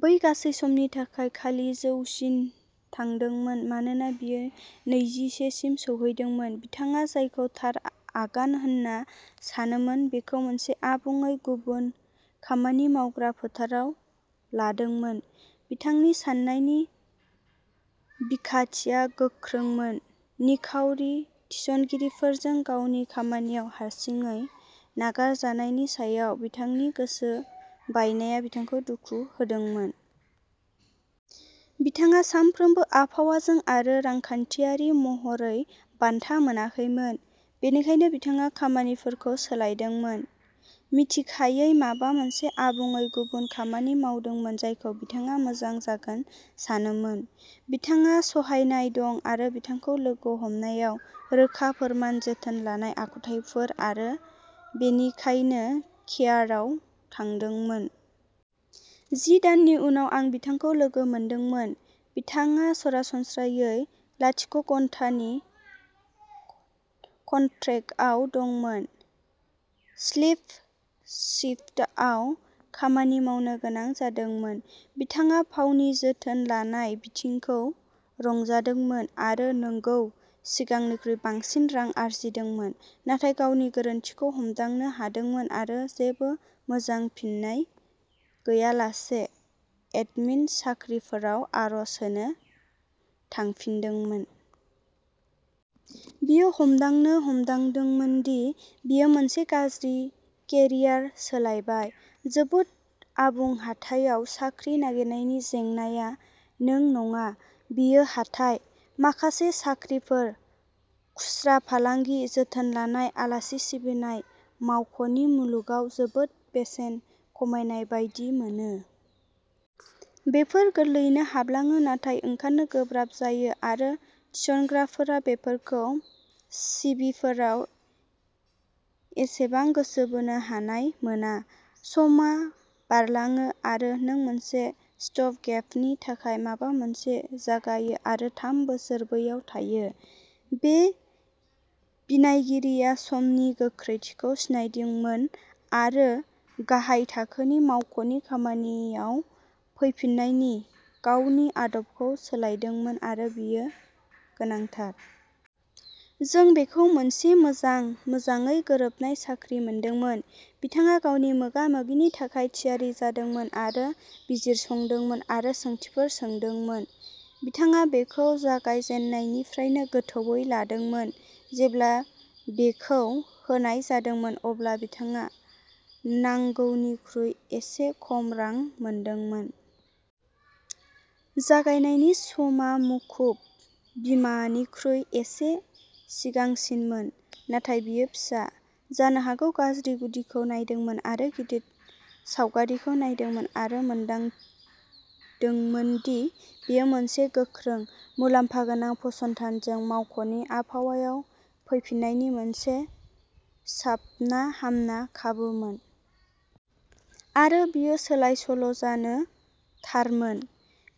बै गासै समनि थाखाय खालि गोजौसिम थांदोंमोन मानोना बियो नैजिसे सिम सौहैदोंमोन बिथाङा जायखौ थार आगान होनना सानोमोन, बेखौ मोनसे आबुङै गुबुन खामानि मावग्रा फोथाराव लादोंमोन। बिथांनि साननायनि बिखान्थिया गोख्रोंमोन। निखावरि थिसनगिरिफोरजों गावनि खामानियाव'हारसिङै नागारजानाय'नि सायाव बिथांनि गोसो बायनाया बिथांखौ दुखु होदोंमोन। बिथाङा सानफ्रोमबो आबहावाजों आरो रांखान्थियारि महरै बान्था मोनाखैमोन। बेनिखायनो बिथाङा खामानिफोरखौ सोलायदोंमोन, मिथिखायै माबा मोनसे आबुङै गुबुन खामानि मावदोंमोन जायखौ बिथाङा मोजां जागोन सानोमोन। बिथांहा सहायनाय दं आरो बिथांखौ लोगो हमनायाव, रोखा फोरमान, जोथोन लानाय आखुथायफोर आरो बेनिखायनो केयारआव थांदोंमोन। जि दाननि उनाव आं बिथांखौ लोगो मोनदोंमोन। बिथाङा सरासनस्रायै लाथिख'घन्टानि कन्ट्रेक्टआव दंमोन, स्प्लिट शिफ्टआव खामानि मावनो गोनां जादोंमोन। बिथाङा फावनि जोथोन लानाय बिथिंखौ रंजादोंमोन आरो नंगौ, सिगांनिख्रुइ बांसिन रां आर्जिदोंमोन, नाथाय गावनि गोरोन्थिखौ हमदांनो हादोंमोन आरो जेबो मोजां फिननाय गैयालासे एडमिन साख्रिफोराव आर'ज होनो थांफिनदोंमोन। बियो हमदांनो हमदोंमोन दि बियो मोनसे गाज्रि केरियार सोलायबाय। जोबोद आबुं हाथायाव साख्रि नागिरनायनि जेंनाआ नों नङा। बेयो हाथाइ। माखासे साख्रिफोर, खुस्रा फालांगि, जोथोन लानाय, आलासि सिबिनाय, मावख'नि मुलुगाव जोबोद बेसेन खमायनाय बायदि मोनो। बेफोर गोरलैयैनो हाबलाङो नाथाय ओंखारनो गोब्राब जायो आरो थिसनग्राफोरा बेफोरखौ सिभिफोराव एसेबां गोसो बोनो हानाय मोना। समआ बारलाङो आरो नों मोनसे'स्टप-गेप'नि थाखाय माबा मोनसे जागायो आरो थाम बोसोर बैयाव थायो। बे बिनायगिरिया समनि गोख्रैथिखौ सिनायदोंमोन आरो गाहाय थाखोनि मावख'नि खामानियाव फैफिन्नायनि गावनि आदबखौ सोलायदोंमोन आरो बेयो गोनांथार। जों बिखौ मोनसे मोजां, मोजाङै गोरोबनाय साख्रि मोनदोंमोन। बिथाङा गावनि मोगा-मोगिनि थाखाय थियारि जादोंमोन आरो बिजिरसंदोंमोन आरो सोंथिफोर सोंदोंमोन। बिथाङा बेखौ जागायजेन्नायनिफ्रायनो गोथौवै लादोंमोन। जेब्ला बेखौ होनाय जादोंमोन अब्ला बिथाङा नांगौनिख्रुइ एसे खम रां मोनदोंमोन। जागायनायनि समा मुखुब बिमा निख्रुइ एसे सिगांसिनमोन, नाथाय बियो फिसा, जानो हागौ गाज्रि गुदिखौ नायदोंमोन आरो गिदिर सावगारिखौ नायदोंमोन आरो मोनदांदोंमोन दि बेयो मोनसे गोख्रों, मुलाम्फा गोनां फसंथानजों मावख'नि आबहावायाव फैफिन्नायनि मोनसे साबनाहामना खाबुमोन। आरो बियो सोलायसोल'जानो थारमोन।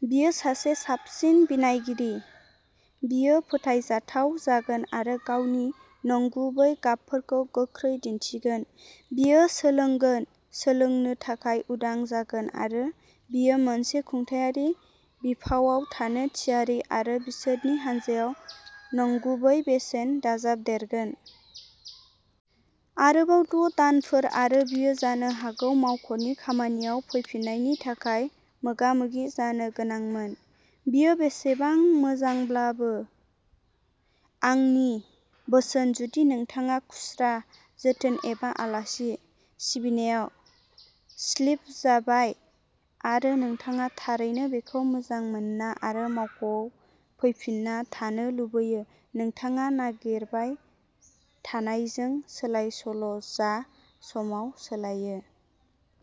बियो सासे साबसिन बिनायगिरि। बियो फोथायजाथाव जागोन आरो गावनि नंगुबै गाबफोरखौ गोख्रै दिन्थिगोन। बियो सोलोंगोन, सोलोंनो थाखाय उदां जागोन आरो बियो मोनसे खुंथायारि बिफावआव थानो थियारि आरो बिसोरनि हानजायाव नंगुबै बेसेन दाजाबदेरगोन। आरोबाव द' दानफोर आरो बियो जानो हागौ मावख'नि खामानियाव फैफिन्नायनि थाखाय मोगामोगि जानो गोनांमोन। बियो बेसेबां मोजांब्लाबो। आंनि बोसोन जुदि नोंथाङा खुस्रा, जोथोन एबा आलासि सिबिनायाव'स्लिप'जाबाय आरो नोंथाङा थारैनो बेखौ मोजां मोना आरो मावख'आव फैफिन्ना थानो लुबैयो-नोंथाङा नागिरबाय थानायजों सोलायसोल'जा। समआ सोलायो।